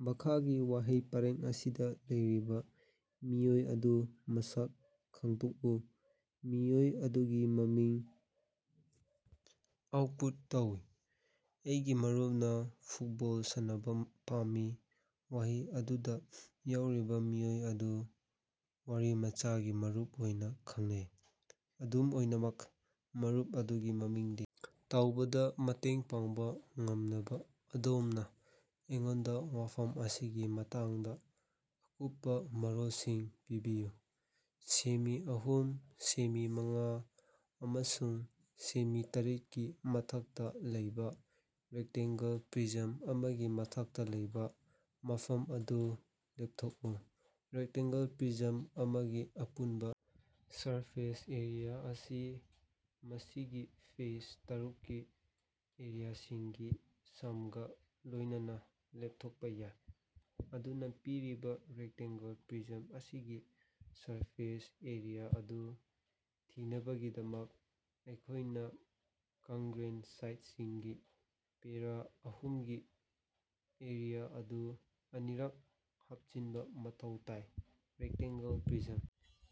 ꯃꯈꯥꯒꯤ ꯋꯥꯍꯩ ꯄꯔꯦꯡ ꯑꯁꯤꯗꯥ ꯂꯩꯔꯤꯕꯥ ꯃꯤꯑꯣꯏ ꯑꯗꯨ ꯃꯁꯛ ꯈꯪꯗꯣꯛꯎ꯫ ꯃꯤꯑꯣꯏ ꯑꯗꯨꯒꯤ ꯃꯃꯤꯡ ꯑꯥꯎꯠꯄꯨꯠ ꯇꯧ꯫ ꯑꯩꯒꯤ ꯃꯔꯨꯞꯅꯥ ꯐꯨꯠꯕꯣꯜ ꯁꯥꯟꯅꯕꯥ ꯄꯥꯝꯃꯤ꯫ ꯋꯥꯍꯩ ꯑꯗꯨꯗꯥ ꯌꯥꯎꯔꯤꯕꯥ ꯃꯤꯑꯣꯏ ꯑꯗꯨ ꯋꯥꯔꯤꯃꯆꯥꯒꯤ ꯃꯔꯨꯞ ꯑꯣꯏꯅꯥ ꯈꯪꯅꯩ, ꯑꯗꯨꯝ ꯑꯣꯏꯅꯃꯛ ꯃꯔꯨꯞ ꯑꯗꯨꯒꯤ ꯃꯃꯤꯡꯗꯤ ꯇꯧꯕꯗꯥ ꯃꯇꯦꯡ ꯄꯥꯡꯕꯥ ꯉꯝꯅꯕꯥ ꯑꯗꯣꯝꯅꯥ ꯑꯩꯉꯣꯟꯗꯥ ꯋꯥꯐꯝ ꯑꯁꯤꯒꯤ ꯃꯇꯥꯡꯗꯥ ꯑꯀꯨꯞꯄꯥ ꯃꯔꯣꯜꯁꯤꯡ ꯄꯤꯕꯤꯌꯨ꯫ ꯁꯦꯃꯤ ꯑꯍꯨꯝ ꯁꯦꯃꯤ ꯃꯉꯥ ꯑꯃꯁꯨꯡ ꯁꯦꯃꯤ ꯇꯔꯦꯠꯒꯤ ꯃꯊꯛꯇꯥ ꯂꯩꯕꯥ ꯔꯦꯛꯇꯦꯡꯒꯜ ꯄ꯭ꯔꯤꯖꯝ ꯑꯃꯒꯤ ꯃꯊꯛꯇꯥ ꯂꯩꯕꯥ ꯃꯐꯝ ꯑꯗꯨ ꯂꯦꯞꯊꯣꯛꯎ꯫ ꯔꯦꯛꯇꯦꯡꯒꯜ ꯄ꯭ꯔꯤꯖꯝ ꯑꯃꯒꯤ ꯑꯄꯨꯟꯕꯥ ꯁꯔꯐꯦꯁ ꯑꯦꯔꯤꯌꯥ ꯑꯁꯤ ꯃꯁꯤꯒꯤ ꯐꯦꯁ ꯇꯥꯔꯨꯛꯀꯤ ꯑꯦꯔꯤꯌꯥꯁꯤꯡꯒꯤ ꯁꯝꯒꯥ ꯂꯣꯏꯅꯅꯥ ꯂꯦꯞꯊꯣꯛꯄꯥ ꯌꯥꯏ꯫ ꯑꯗꯨꯅꯥ, ꯄꯤꯔꯤꯕꯥ ꯔꯦꯛꯇꯦꯡꯒꯜ ꯄ꯭ꯔꯤꯖꯝ ꯑꯁꯤꯒꯤ ꯁꯔꯐꯦꯁ ꯑꯦꯔꯤꯌꯥ ꯑꯗꯨ ꯊꯤꯅꯕꯒꯤꯗꯃꯛ, ꯑꯩꯈꯣꯏꯅꯥ ꯀꯪꯒ꯭ꯔꯨꯌꯦꯟ ꯁꯥꯏꯠꯁꯤꯡꯒꯤ ꯄꯦꯔꯥ ꯑꯍꯨꯝꯒꯤ ꯑꯦꯔꯤꯌꯥ ꯑꯗꯨ ꯑꯅꯤꯔꯛ ꯍꯥꯞꯆꯤꯟꯕꯥ ꯃꯊꯧ ꯇꯥꯏ꯫ ꯔꯦꯛꯇꯦꯡꯒꯜ ꯄ꯭ꯔꯤꯖꯝ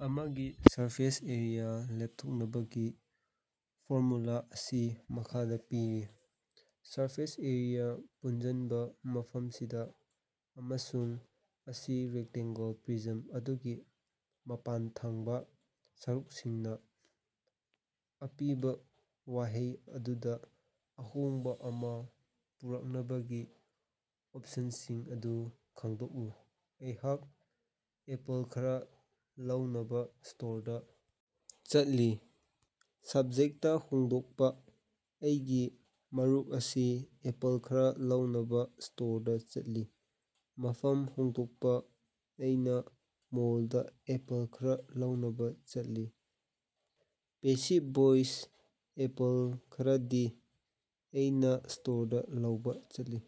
ꯑꯃꯒꯤ ꯁꯔꯐꯦꯁ ꯑꯦꯔꯤꯌꯥ ꯂꯦꯞꯊꯣꯛꯅꯕꯒꯤ ꯐꯣꯔꯃꯨꯂꯥ ꯑꯁꯤ ꯃꯈꯥꯗꯥ ꯄꯤꯔꯤ: ꯁꯔꯐꯦꯁ ꯑꯦꯔꯤꯌꯥ ꯄꯨꯟꯖꯟꯕ ꯃꯐꯝꯁꯤꯗꯥ ꯑꯃꯁꯨꯡ ꯑꯁꯤ ꯔꯦꯛꯇꯦꯡꯒꯜ ꯄ꯭ꯔꯤꯖꯝ ꯑꯗꯨꯒꯤ ꯃꯄꯥꯟꯊꯪꯕꯥ ꯁꯔꯨꯛꯁꯤꯡꯅꯤ꯫ ꯑꯄꯤꯕꯥ ꯋꯥꯍꯩ ꯑꯗꯨꯗꯥ ꯑꯍꯣꯡꯕꯥ ꯑꯃꯥ ꯄꯨꯔꯛꯅꯕꯒꯤ ꯑꯣꯞꯁꯟꯁꯤꯡ ꯑꯗꯨ ꯈꯪꯗꯣꯛꯎ꯫ ꯑꯩꯍꯥꯛ ꯑꯦꯄꯜ ꯈꯔꯥ ꯂꯧꯅꯕꯥ ꯁ꯭ꯇꯣꯔꯗꯥ ꯆꯠꯂꯤ꯫ ꯁꯕꯖꯦꯛꯇ ꯍꯣꯡꯗꯣꯛꯄꯥ: ꯑꯩꯒꯤ ꯃꯔꯨꯞ ꯑꯁꯤ ꯑꯦꯄꯜ ꯈꯔꯥ ꯂꯧꯅꯕꯥ ꯁ꯭ꯇꯣꯔꯗꯥ ꯆꯠꯂꯤ꯫ ꯃꯐꯝ ꯍꯣꯡꯗꯣꯛꯄꯥ: ꯑꯩꯅꯥ ꯃꯣꯜꯗꯥ ꯑꯦꯄꯜ ꯈꯔꯥ ꯂꯧꯅꯕꯥ ꯆꯠꯂꯤ꯫ ꯄꯦꯁꯤꯕ ꯚꯣꯏꯁ: ꯑꯦꯄꯜ ꯈꯔꯗꯤ ꯑꯩꯅꯥ ꯁ꯭ꯇꯣꯔꯗꯥ ꯂꯧꯕꯥ ꯆꯠꯂꯤ꯫